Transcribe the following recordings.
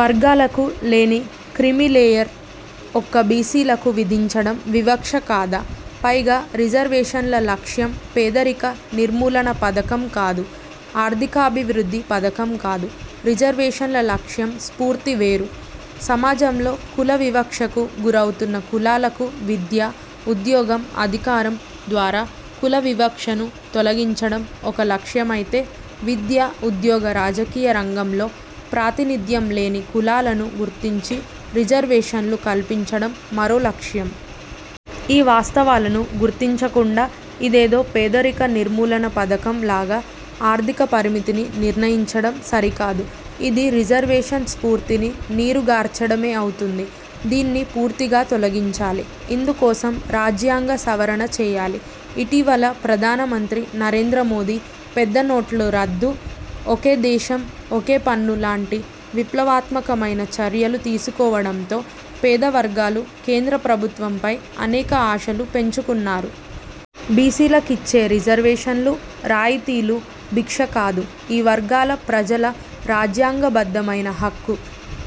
వర్గాలకు లేని క్రిమీలేయర్ ఒక్క బీసీలకు విధించడం వివక్ష కాదా! పైగా రిజర్వేషన్ల లక్ష్యం పేదరిక నిర్మూలన పథకం కాదు, ఆర్థికాభివృద్ధి పథకం కాదు. రిజర్వేషన్ల లక్ష్యం స్ఫూర్తి వేరు. సమాజంలో కుల వివక్షకు గురవుతున్న కులాలకు విద్య, ఉద్యోగం, అధికారం ద్వారా కుల వివక్షను తొలగించడం ఒక లక్ష్యమైతే విద్య, ఉద్యోగ, రాజకీయ రంగంలో ప్రాతినిధ్యం లేని కులాలను గుర్తించి రిజర్వేషన్లు కల్పించడం మరో లక్ష్యం. ఈ వాస్తవాలను గుర్తించకుండా ఇదేదో పేదరిక నిర్ములన పథకం లాగా ఆర్థిక పరిమితిని నిర్ణయించడం సరికాదు. ఇది రిజర్వేషన్ స్ఫూర్తిని నీరు గార్చడమే అవుతుంది. దీన్ని పూర్తిగా తొలగించాలి. ఇందుకోసం రాజ్యాంగ సవరణ చేయాలి. ఇటీవల ప్రధానమంత్రి నరేంద్రమోదీ పెద్దనోట్లు రద్దు, ఒకే దేశం ఒకే పన్ను లాంటి విప్లవాత్మకమైన చర్యలు తీసుకోవడంతో పేద వర్గాలు కేంద్ర ప్రభుత్వంపై అనేక ఆశలు పెంచుకున్నారు. బీసీలకిచ్చే రిజర్వేషన్లు, రాయితీలు భిక్ష కాదు. ఈ వర్గాల ప్రజల రాజ్యాంగబద్ధమైన హక్కు.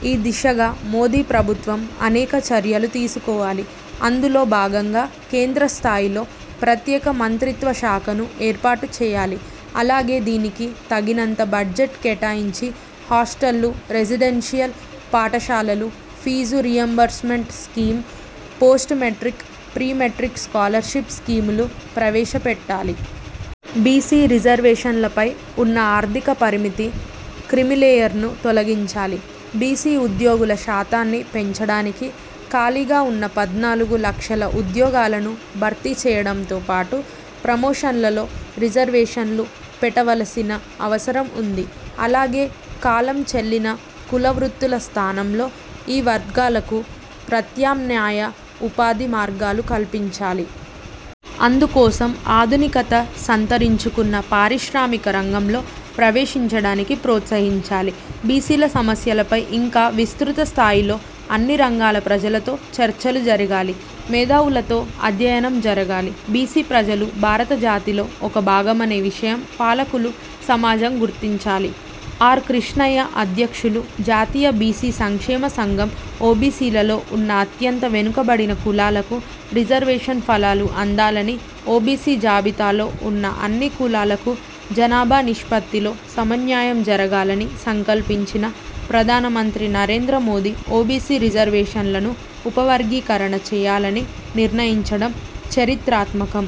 ఈ దిశగా మోదీ ప్రభుత్వం అనేక చర్యలు తీసుకోవాలి. అందులో భాగంగా, కేంద్రస్థాయిలో ప్రత్యేక మంత్రిత్వ శాఖను ఏర్పాటు చేయాలి. అలాగే దీనికి తగినంత బడ్జెట్ కేటాయించి హాస్టళ్ళు, రెసిడెన్షియల్ పాఠశాలలు, fee reimbursement scheme, post matric pre matric scholarship స్కీములు ప్రవేశపెట్టాలి. బీసీ రిజర్వేషన్లపై ఉన్న ఆర్థిక పరిమితి, క్రిమిలేయర్ను తొలగించాలి. బీసీ ఉద్యోగుల శాతాన్ని పెంచడానికి ఖాళీగా ఉన్న పద్నాలుగు లక్షల ఉద్యోగాలను భర్తీ చేయడంతో పాటు, ప్రమోషన్లలో రిజర్వేషన్లు పెటవలసిన అవసరం ఉంది. అలాగే కాలం చెల్లిన కులవృత్తుల స్థానంలో ఈ వర్గాలకు ప్రత్యమ్నాయ ఉపాధి మార్గాలు కల్పించాలి. అందుకోసం ఆధునికత సంతరించుకున్న పారిశ్రామిక రంగంలో ప్రవేశించడానికి ప్రోత్సహించాలి. బీసీల సమస్యలపై ఇంకా విస్తృత స్థాయిలో అన్ని రంగాల ప్రజలతో చర్చలు జరగాలి, మేధావులతో అధ్యయనం జరగాలి. బీసీ ప్రజలు భారత జాతిలో ఒక భాగమనే విషయం పాలకులు, సమాజం గుర్తించాలి. ఆర్. కృష్ణయ్య అధ్యక్షులు, జాతీయ బీసీ సంక్షేమ సంఘం ఓబీసీలలో ఉన్న అత్యంత వెనుకబడిన కులాలకు రిజర్వేషన్ ఫలాలు అందాలని, ఓబీసీ జాబితాలో ఉన్న అన్ని కులాలకు జనాభా నిష్పత్తిలో సమన్యాయం జరగాలని సంకల్పించిన ప్రధానమంత్రి నరేంద్ర మోదీ ఓబీసీ రిజర్వేషన్లను ఉపవర్గీకరణ చేయాలనీ నిర్ణయించడం చరిత్రాత్మకం.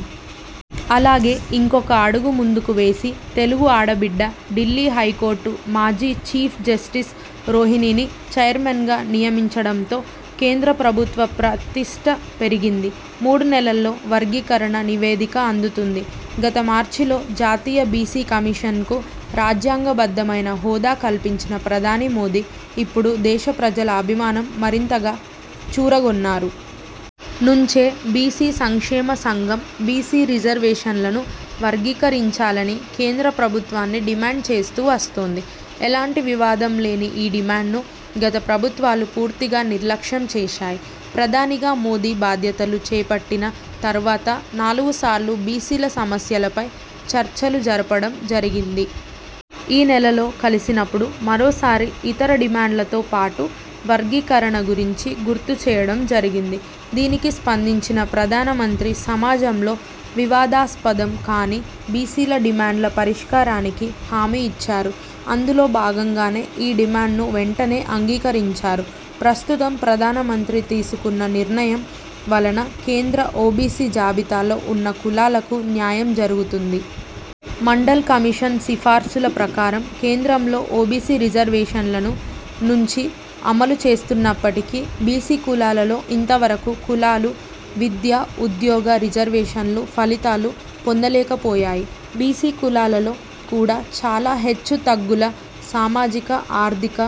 అలాగే ఇంకొక అడుగు ముందుకు వేసి తెలుగు ఆడ బిడ్డ, ఢిల్లీ హైకోర్టు మాజీ చీఫ్ జస్టిస్ రోహిణిని చైర్మన్గా నియమించడంతో కేంద్ర ప్రభుత్వ ప్రతిష్ఠ పెరిగింది. మూడు నెలల్లో వర్గీకరణ నివేదిక అందుతుంది. గత మార్చిలో జాతీయ బీసీ కమిషన్కు రాజ్యాంగబద్ధమైన హోదా కల్పించిన ప్రధాని మోదీ ఇప్పుడు దేశ ప్రజల అభిమానం మరింతగా చూరగొన్నారు. నుంచే బీసీ సంక్షేమ సంఘం బీసీ రిజర్వేషన్లను వర్గీకరించాలని కేంద్ర ప్రభుత్వాన్ని డిమాండ్ చేస్తూ వస్తోంది. ఎలాంటి వివాదం లేని ఈ డిమాండ్ను గత ప్రభుత్వాలు పూర్తిగా నిర్లక్ష్యం చేశాయి. ప్రధానిగా మోదీ బాధ్య తలు చేపట్టిన తర్వాత నాలుగు సార్లు బీసీల సమస్యలపై చర్చలు జరపడం జరిగింది. ఈ నెలలో కలిసినపుడు మరోసారి ఇతర డిమాండ్లతో పాటు వర్గీకరణ గురించి గుర్తుచేయడం జరిగింది. దీనికి స్పందించిన ప్రధానమంత్రి సమాజంలో వివాదాస్పదం కాని బీసీల డిమాండ్ల పరిష్కారానికి హామీ ఇచ్చారు. అందులో భాగంగానే ఈ డిమాండ్ను వెంటనే అంగీకరించారు. ప్రస్తుతం ప్రధానమంత్రి తీసుకున్న నిర్ణయం వలన కేంద్ర ఓబీసీ జాబితాలో ఉన్న కులాలకు న్యాయం జరుగుతుంది. మండల్ కమిషన్ సిఫార్సుల ప్రకారం కేంద్రంలో ఓబీసీ రిజర్వేషన్లను నుంచి అమలు చేస్తున్నప్పటికీ బీసీ కులాలలో ఇంతవరకు కులాలు విద్య, ఉద్యోగ రిజర్వేషన్లు ఫలితాలు పొందలేకపోయాయి. బీసీ కులాలలో కూడా చాలా హెచ్చు తగ్గుల సామాజిక, ఆర్థిక,